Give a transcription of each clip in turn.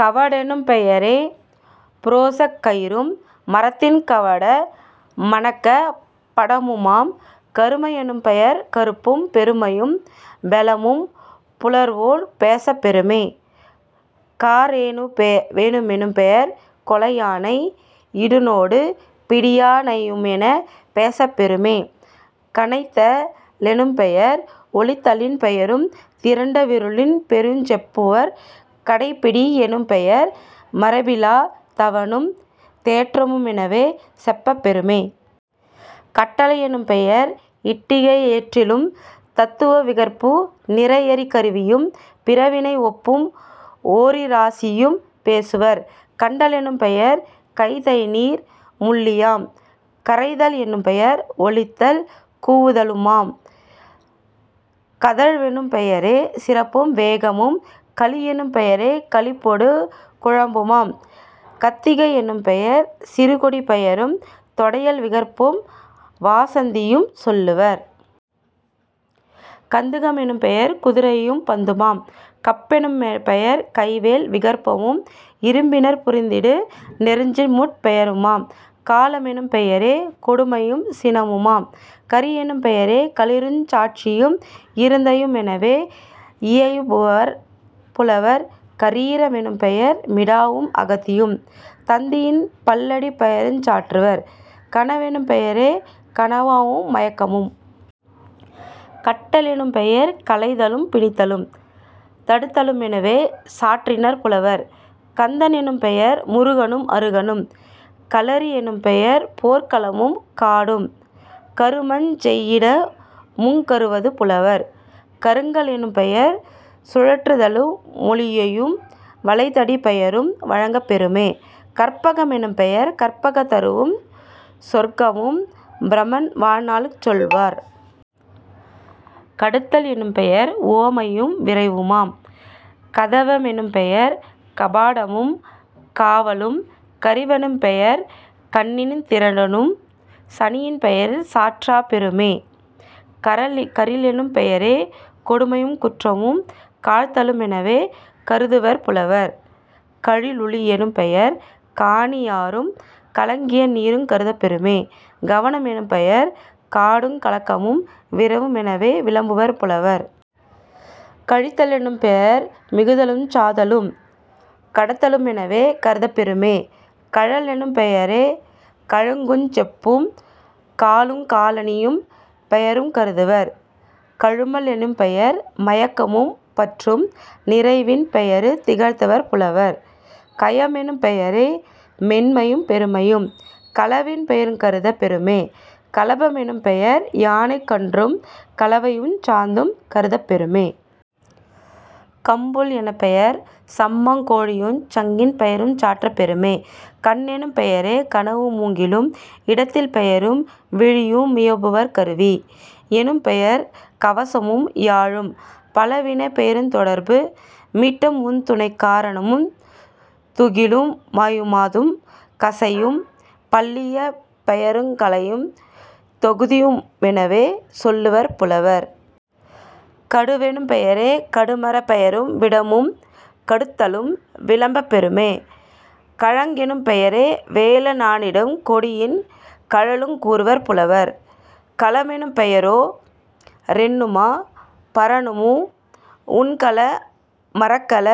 கவடெனும் பெயரே புரோசக் கயிறும் மரத்தின் கவடு மனக்க படமுமாம்..... கருமை யெனும்பெயர் கறுப்பும் பெருமையும் பெலமும் புலவோர் பேசப் பெறுமே..... கரேணு வெனும்பெயர் கொலையானை யினொடு பிடியா னையுமெனப் பேசப் பெறுமே..... கனைத்த லெனும்பெயர் ஒலித்தலின் பெயரும் திரண்ட விருளின் பெயருஞ் செப்புவர்..... கடைப்பிடி யெனும்பெயர் மறப்பிலா தவனும் தேற்றமு மெனவே செப்பப் பெறுமே..... கட்டளை யெனும்பெயர் இட்டிகை யியற்றலுந் தத்துவ விகற்பமு நிறையறி கருவியும் பிறவின ஒப்பும் ஓரிராசியும் பேசுவர்..... கண்ட லெனும்பெயர் கைதைநீர் முள்ளியாம்.... கரைதல் எனும்பெயர் ஒலித்தல் கூவுதலுமாம்..... கதழ்வெனும் பெயரே சிறப்பும் வேகமுமாம்..... களியெனும் பெயரே களிப்பொடு குழம்புமாம்..... கத்திகை யெனும் பெயர் சிறுகொடிப் பெயரும் தொடையல் விகற்பமும் வாசந்தியும் சொல்லுவர்..... கந்துக மெனும்பெயர் குதிரையும் பந்துமாம்..... கப்பண மெனும்பெயர் கைவேல் விகற்பமும் இரும்பினிற் புரிந்திடு நெருஞ்சிமுட் பெயருமாம்..... கலாமெனும் பெயரே கொடுமையும் சினமுமாம்.... கரியெனும் பெயரே களிறுஞ் சாட்சியும் இருந்தையு மெனவே யியம்புவர் புலவர்..... கரீர மெனும்பெயர் மிடாவும் அகத்தியும் தந்தியின் பல்லடிப் பெயருஞ் சாற்றுவர்..... கனவெனும் பெயரே கனாவு மயக்கமும்..... கட்ட லெனும்பெயர் களைதலும் பிணித்தலும் தடுத்தலு மெனவே சாற்றினர் புலவர்..... கந்த னெனும்பெயர் முருகனும் அருகனும்..... களரி யெனும்பெயர் போர்க்களமும் காடும் கருமஞ் செய்யிடமுங் கருதுவர் புலவர்..... கறங்க லெனும்பெயர் சுழற்றுதலு மொலியும் வளைதடிப் பெயரும் வழங்கப் பெறுமே..... கற்பக மெனும்பெயர் கற்பக தருவும் சொர்க்கமும் பிரமன் வாழ்நாளுஞ் சொல்லுவர்..... கடுத்தல் எனும்பெயர் உவமையும் விரைவுமாம்..... கதவ மெனும்பெயர்க் கபாடமும் காவலும்..... கரியவ னெனும்பெயர் கண்ணனிந் திரனுடன் சனியின் பெயரும் சாற்றப் பெறுமே..... கரிலெனும் பெயரே கொடுமையுங் குற்றமும் காழ்த்தலு மெனவே கருதுவர் புலவர்..... கலுழி யெனும்பெயர் கானி யாறும் கலங்கிய நீருங் கருதப் பெறுமே..... கவன மெனும்பெயர் காடுங் கலக்கமும் விரைவு மெனவே விளம்புவர் புலவர்.....। கழித்த லெனும்பெயர் மிகுதலுஞ் சாதலும் கடத்தலு மெனவே கருதப் பெறுமே..... கழலெனும் பெயரே கழங்குஞ் செருப்பும் காலுங் காலணிப் பெயருங் கருதுவர்..... கழும லெனும்பெயர் மயக்கமும் பற்றும் நிறைவின் பெயரு நிகழ்த்துவர் புலவர்..... கயமெனும் பெயரே மென்மையும் பெருமையும் களவின் பெயருங் கருதப் பெறுமே..... களப மெனும்பெயர் யானைக் கன்றும் கலவையுஞ் சாந்தும் கருதப் பெறுமே..... கம்புள் எனும்பெயர் சம்பங் கோழியுஞ் சங்கின் பெயருஞ் சாற்றப் பெறுமே..... கண்ணெனும் பெயரே கணுவு மூங்கிலும் இடத்தின் பெயரும் விழியு மியம்புவர்..... கருவி யெனும்பெயர் கவசமும் யாழும் பலவினைப் பெயருந் தொடர்பு மீட்டமுந் துணைக்கா ரணமுந் துகிலு மாயுதமும் கசையும் பல்லியப் பெயருங் கலணையுந் தொகுதியு மெனவே சொல்லுவர் புலவர்..... கடுவெனும் பெயரே கடுமரப் பெயரும் விடமும் கடுத்தலும் விளம்பப் பெறுமே..... கழங்கெனும் பெயரே வேல னாடலுங் கொடியின் கழலுங் கூறுவர் புலவர்..... கலமெனும் பெயரோ ரெண்ணுமா பரணமும் உண்கல மரக்கல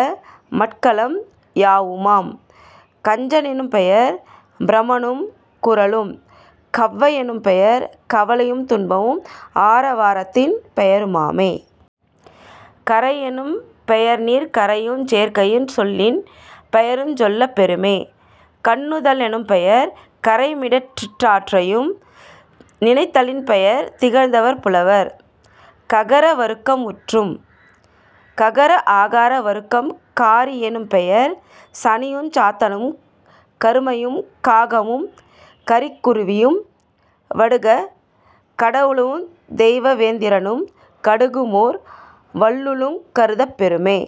மட்கலம் யாவுமாம்..... கஞ்ச னெனும்பெயர் பிரமனுங் குறளனும்..... கவ்வை யெனும்பெயர் கவலையுந் துன்பமும் ஆர வாரத்தின் பெயரு மாமே..... கரையெனும் பெயர்நீர்க் கரையுஞ் சேர்க்கையின் சொல்லின் பெயருஞ் சொல்லப் பெறுமே..... கண்ணுத லெனும்பெயர் கறைமிடற் றிறையையும் நினைத்தலின் பெயரு நிகழ்த்துவர் புலவர்..... ககர வருக்கம் முற்றும். ககர ஆகார வருக்கம் காரி யெனும்பெயர் சனியுஞ் சாத்தனுங் கருமையுங் காகமுங் கரிக்கு ருவியும் வடுகக் கடவுளுந் தெய்வேந் திரனும் கடுவுமோர் வள்ளலுங் கருதப் பெறுமே.